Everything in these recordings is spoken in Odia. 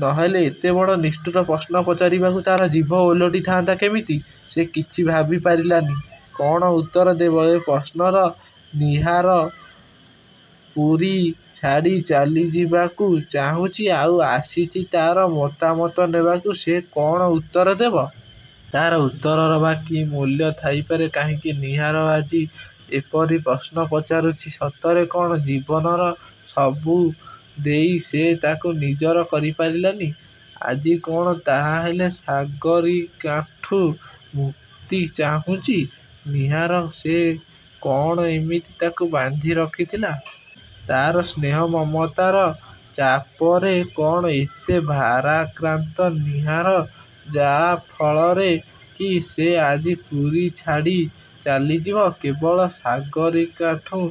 ନ ହେଲେ ଏତେ ବଡ଼ ନିଷ୍ଠୁର ପ୍ରଶ୍ନ ପଚାରିବାକୁ ତା'ର ଜିଭ ଓଲଟି ଥାନ୍ତା କେମିତି? ସେ କିଛି ଭାବିପାରିଲାନି। କ'ଣ ଉତ୍ତର ଦେବ ଏ ପ୍ରଶ୍ନର। ନୀହାର ପୁରୀ ଛାଡ଼ି ଚାଲିଯିବାକୁ ଚାହୁଁଛି–ଆଉ ଆସିଛି ତା'ର ମତାମତ ନେବାକୁ। ସେ କ'ଣ ଉତ୍ତର ଦେବ? ତା'ର ଉତ୍ତରର ବା କି ମୂଲ୍ୟ ଥାଇପାରେ? କାହିଁକି ନୀହାର ଆଜି ଏପରି ପ୍ରଶ୍ନ ପଚାରୁଛି। ସତରେ କ'ଣ ଜୀବନର ସବୁ ଦେଇ ସେ ତାକୁ ନିଜର କରିପାରିଲାନି। ଆଜି କ'ଣ ତାହେଲେ ସାଗରୀକାଠୁଁ ମୁକ୍ତି ଚାହୁଁଛି ନୀହାର। ସେ କ'ଣ ଏମିତି ତାକୁ ବାନ୍ଧି ରଖିଥିଲା? ତା'ର ସ୍ନେହ ମମତାର ଚାପରେ କ'ଣ ଏତେ ଭାରାକ୍ରାନ୍ତ ନୀହାର? ଯା ଫଳରେ କି ସେ ଆଜି ପୁରୀ ଛାଡ଼ି ଚାଲିଯିବ। କେବଳ ସାଗରୀକାଠୁଁ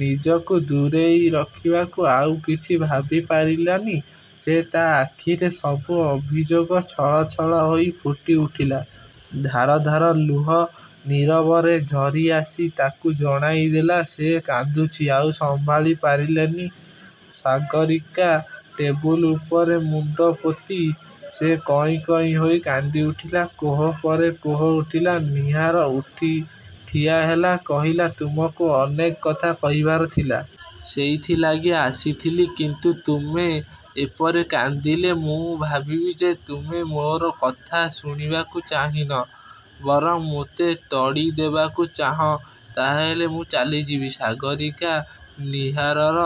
ନିଜକୁ ଦୂରରେ ରଖିବାକୁ। ଆଉ କିଛି ଭାବିପାରିଲାନି ସେ। ତା' ଆଖିରେ ସବୁ ଅଭିଯୋଗ ଛଳଛଳ ହୋଇ ଫୁଟି ଉଠିଲା। ଧାର ଧାର ଲୁହ ନୀରବରେ ଝରିଆସି ତାକୁ ଜଣାଇ ଦେଲା ସେ କାନ୍ଦୁଛି। ଆଉ ସମ୍ଭାଳି ପାରିଲାନି ସାଗରୀକା। ଟେବୁଲ୍ ଉପରେ ମୁଣ୍ଡପୋତି ସେ କଇଁ କଇଁ ହୋଇ କାନ୍ଦି ଉଠିଲା। କୋହ ପରେ କୋହ ଉଠିଲା। ନୀହାର ଉଠି ଠିଆ ହେଲା। କହିଲା–''ତୁମକୁ ଅନେକ କଥା କହିବାର ଥିଲା। ସେଇଥି ଲାଗି ଆସିଥିଲି। କିନ୍ତୁ ତୁମେ। ଏପରି କାନ୍ଦିଲେ ମୁଁ ଭାବିବି ଯେ ତୁମେ ମୋର କଥା ଶୁଣିବାକୁ ଚାହଁନି। ବରଂ ମୋତେ ତଡ଼ି ଦେବାକୁ ଚାହଁ। ତା'ହେଲେ ମୁଁ ଚାଲିଯିବି। '' ସାଗରୀକା ନୀହାରର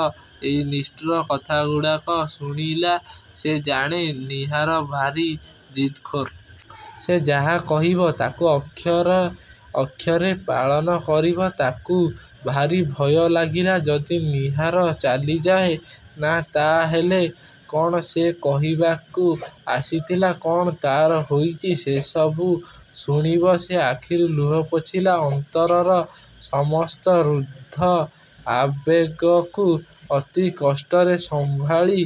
ଏଇ ନିଷ୍ଠୁର କଥାଗୁଡ଼ାକ ଶୁଣିଲା। ସେ ଜାଣେ ନୀହାର ଭାରୀ ଜିଦଖୋର୍। ସେ ଯାହା କହିବ, ତାକୁ ଅକ୍ଷରେ ଅକ୍ଷରେ ପାଳନ କରିବ। ତାକୁ ଭାରୀ ଭୟ ଲାଗିଲା। ଯଦି ନୀହାର ଚାଲିଯାଏ! ନା! ତା'ହେଲେ କ'ଣ ସେ କହିବାକୁ ଆସିଥିଲା; କ'ଣ ତା'ର ହୋଇଛି–ସେ ସବୁ ଣୁଣିବ। ସେ ଆଖିରୁ ଲୁହ ପୋଛିଲା। ଅନ୍ତରର ସମସ୍ତ ରୁଦ୍ଧ ଆବେଗକୁ ଅତି କଷ୍ଟରେ ସମ୍ଭାଳି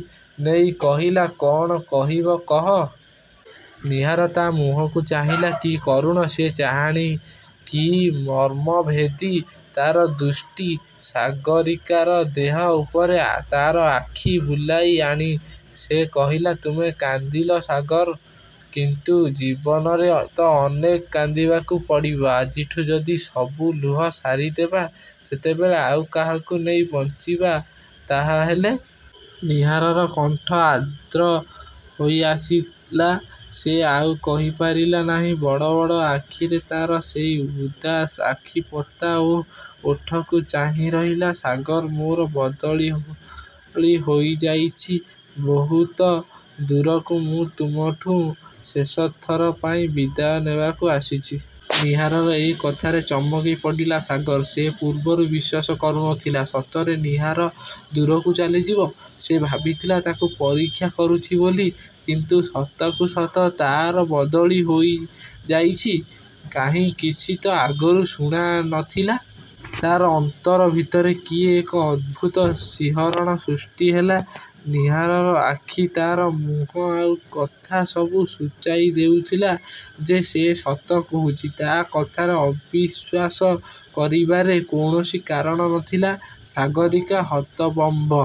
ନେଇ କହିଲା–''କ'ଣ କହିବ–କହ। '' ନୀହାର ତା' ମୁହଁକୁ ଚାହିଁଲା। କି କରୁଣ ସେ ଚାହାଁଣି। କି ମର୍ମଭେଦୀ ତା'ର ଦୃଷ୍ଟି। ସାଗରୀକାର ଦେହ ଉପରେ ତା'ର ଆଖି ବୁଲାଇ ଆଣି ସେ କହିଲା–''ତୁମେ କାନ୍ଦିଲ ସାଗର। କିନ୍ତୁ ଜୀବନରେ ତ ଅନେକ କାନ୍ଦିବାକୁ ପଡ଼ିବ। ଆଜିଠୁଁ ଯଦି ସବୁ ଲୁହ ସାରିଦେବା, ସେତେବେଳେ ଆଉ କାହାକୁ ନେଇ ବଞ୍ଚିବା ତା'ହେଲେ। '' ନୀହାରର କଣ୍ଠ ଆର୍ଦ୍ର ହୋଇଆସିଲା। ସେ ଆଉ କହିପାରିଲା ନାହିଁ। ବଡ଼ ବଡ଼ ଆଖିରେ ତା'ର ସେଇ ଉଦାସ ଆଖି ପତା ଓ ଓଠକୁ ଚାହିଁ ରହିଲା ସାଗର। ''ମୋର ବଦଳି ହୋଇଯାଇଛି ବହୁତ ଦୂରକୁ; ମୁଁ ତୁମଠୁଁ ଶେଷଥର ପାଇଁ ବିଦାୟ ନେବାକୁ ଆସିଛି। '' ନୀହାରର ଏଇ କଥାରେ ଚମକି ପଡ଼ିଲା ସାଗର। ସେ ପୂର୍ବରୁ ବିଶ୍ୱାସ କରୁନଥିଲା; ସତରେ ନୀହାର ଦୂରକୁ ଚାଲିଯିବ। ସେ ଭାବିଥିଲା ତାକୁ ପରୀକ୍ଷା କରୁଛି ବୋଲି। କିନ୍ତୁ ସତକୁ ସତ ତା'ର ବଦଳି ହୋଇଯାଇଛି। କାହିଁ କିଛି ତ ଆଗରୁ ଶୁଣା ନଥିଲା। ତା'ର ଅନ୍ତର ଭିତରେ କି ଏକ ଅଦ୍ଭୁତ ଶିହରଣ ସୃଷ୍ଟି ହେଲା। ନୀହାରର ଆଖି, ତା'ର ମୁହଁ ଆଉ କଥା ସବୁ ସୂଚାଇ ଦେଉଥିଲା ଯେ ସେ ସତ କହୁଛି। ତା' କଥାରେ ଅବିଶ୍ୱାସ କରିବାରେ କୌଣସି କାରଣ ନଥିଲା। ସାଗରୀକା ହତବମ୍ବ